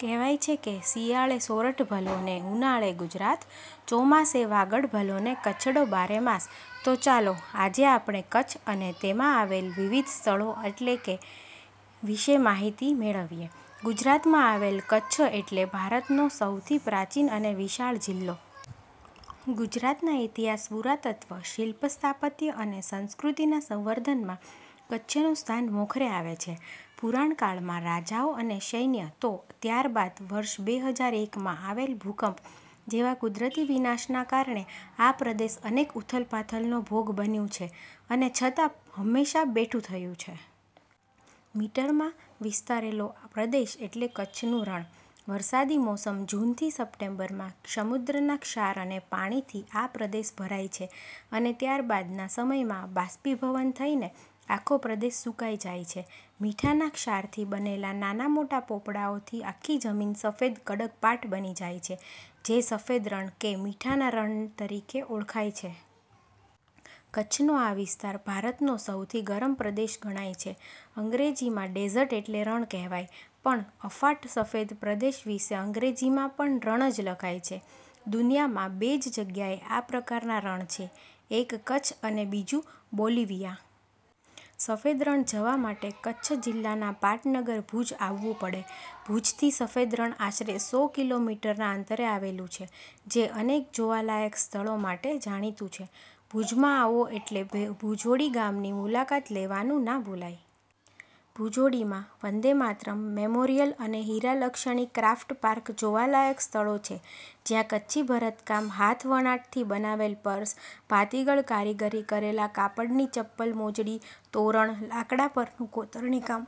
કહેવાય છે કે, શિયાળે સોરઠ ભલો, ને ઉનાળે ગુજરાત, ચોમાસે વાગડ ભલો ને કચ્છડો બારે માસ. તો ચાલો આજે આપણે કચ્છ અને તેમાંં આવેલ વિવિધ સ્થળો એટલે કે વિશે માહિતી મેળવીએ. ગુજરાતમાં આવેલ કચ્છ એટલે ભારતનો સહુથી પ્રાચીન અને વિશાળ જિલ્લો. ગુજરાતના ઇતિહાસ, પુરાતત્વ, શિલ્પ-સ્થાપત્ય અને સંસ્કૃતિના સંવર્ધનમાં કચ્છનું સ્થાન મોખરે આવે છે. પુરાણકાળમાં રાજાઓ અને સૈન્ય તો ત્યારબાદ વર્ષ બે હજાર એક માં આવેલ ભૂકંપ જેવા કુદરતી વિનાશના કારણે આ પ્રદેશ અનેક ઉથલપાથલનો ભોગ બન્યું છે, અને છતાં હંમેશા બેઠું થયું છે. મીટર માં વિસ્તરેલો પ્રદેશ એટલે કચ્છનું રણ. વરસાદી મોસમ જૂનથી સપ્ટેમ્બરમાં સમુદ્રના ક્ષાર અને પાણીથી આ પ્રદેશ ભરાય છે અને ત્યારબાદના સમયમાં બાષ્પીભવન થઈને આખો પ્રદેશ સૂકાઈ જાય છે. મીઠાના ક્ષારથી બનેલા નાના મોટા પોપડાઓથી આખી જમીન સફેદ કડક પાટ બની જાય છે, જે સફેદ રણ, કે મીઠાના રણ તરીકે ઓળખાય છે. કચ્છનો આ વિસ્તાર ભારતનો સહુથી ગરમ પ્રદેશ ગણાય છે. અંગ્રેજીમાં ડેઝર્ટ એટલે રણ કહેવાય, પણ અફાટ સફેદ પ્રદેશ વિષે અંગ્રેજીમાં પણ રણ જ લખાય છે. દુનિયામાં બે જ જગ્યાએ આ પ્રકારના રણ છે, એક કચ્છ અને બીજું બોલિવિયા. સફેદ રણ જવા માટે કચ્છ જિલ્લાના પાટનગર ભૂજ આવવું પડે. ભૂજથી સફેદ રણ આશરે સો કિલો મીટર ના અંતરે આવેલું છે. જે અનેક જોવાલાયક સ્થળો માટે જાણીતું છે. ભૂજમાં આવો એટલે ભૂજોડી ગામની મુલાકાત લેવાનું ન ભૂલાય! ભૂજોડીમાં વંદે માતરમ મેમોરિયલ અને હીરાલક્ષ્મી ક્રાફ્ટ પાર્ક જોવાલાયક સ્થળો છે. જ્યાં કચ્છી ભરતકામ, હાથવણાટથી બનાવેલા પર્સ, ભાતીગળ કારીગરી કરેલા કાપડની ચપ્પલ-મોજડી, તોરણ, લાકડાં પરનું કોતરણી કામ,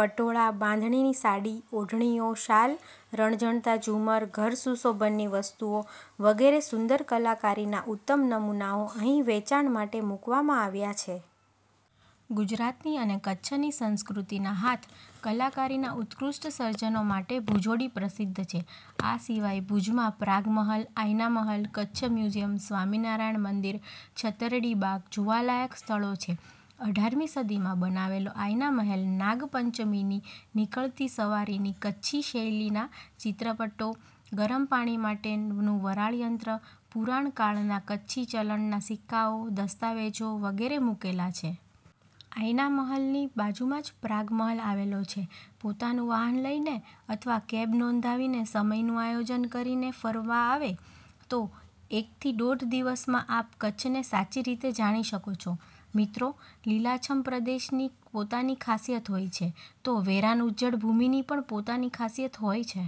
પટોળા, બાંધણીની સાડી-ઓઢણીઓ, શાલ, રણઝણતા ઝુમ્મર, ઘરસુશોભનની વસ્તુઓ વગેરે સુંદર કલાકારીના ઉત્તમ નમૂનાઓ અહીં વેચાણ માટે મૂકવામાં આવ્યા છે. ગુજરાતની અને કચ્છની સંસ્કૃતિના હાથ કલાકારીના ઉત્કૃષ્ઠ સર્જનો માટે ભુજોડી પ્રસિદ્ધ છે. આ સિવાય ભૂજમાં પ્રાગ મહલ, આઈના મહલ, કચ્છ મ્યુઝીયમ, સ્વામિનારાયણ મંદિર, છતરડી બાગ જોવાલાયક સ્થળો છે. અઢાર મી સદીમાં બનાવેલો આઇના મહેલ નાગપંચમીની નીકળતી સવારીની, કચ્છી શૈલીના ચિત્રપટો, ગરમ પાણી માટેનું વરાળયંત્ર, પુરાણ કાળના કચ્છી ચલણના સિક્કાઓ, દસ્તાવેજો વગેરે મૂકેલા છે. આઇના મહલની બાજુમાં જ પ્રાગ મહલ આવેલો છે. પોતાનું વાહન લઈને અથવા કેબ નોંધાવીને સમયનું આયોજન કરીને ફરવા આવો તો એકથી દોઢ દિવસમાં આપ કચ્છને સાચી રીતે જાણી શકો છો. મિત્રો, લીલાછમ પ્રદેશની પોતાની ખાસિયત હોય છે તો વેરાન, ઉજ્જડ ભૂમિની પણ પોતાની ખાસિયત હોય છે.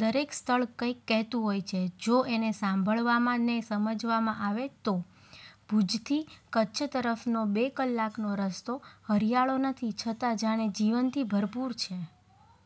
દરેક સ્થળ કંઈક કહેતું હોય છે, જો એને સાંભળવામાં ને સમજવામાં આવે તો! ભૂજથી કચ્છ તરફનો બે કલાકનો રસ્તો હરિયાળો નથી છતાં જાણે જીવનથી ભરપુર છે!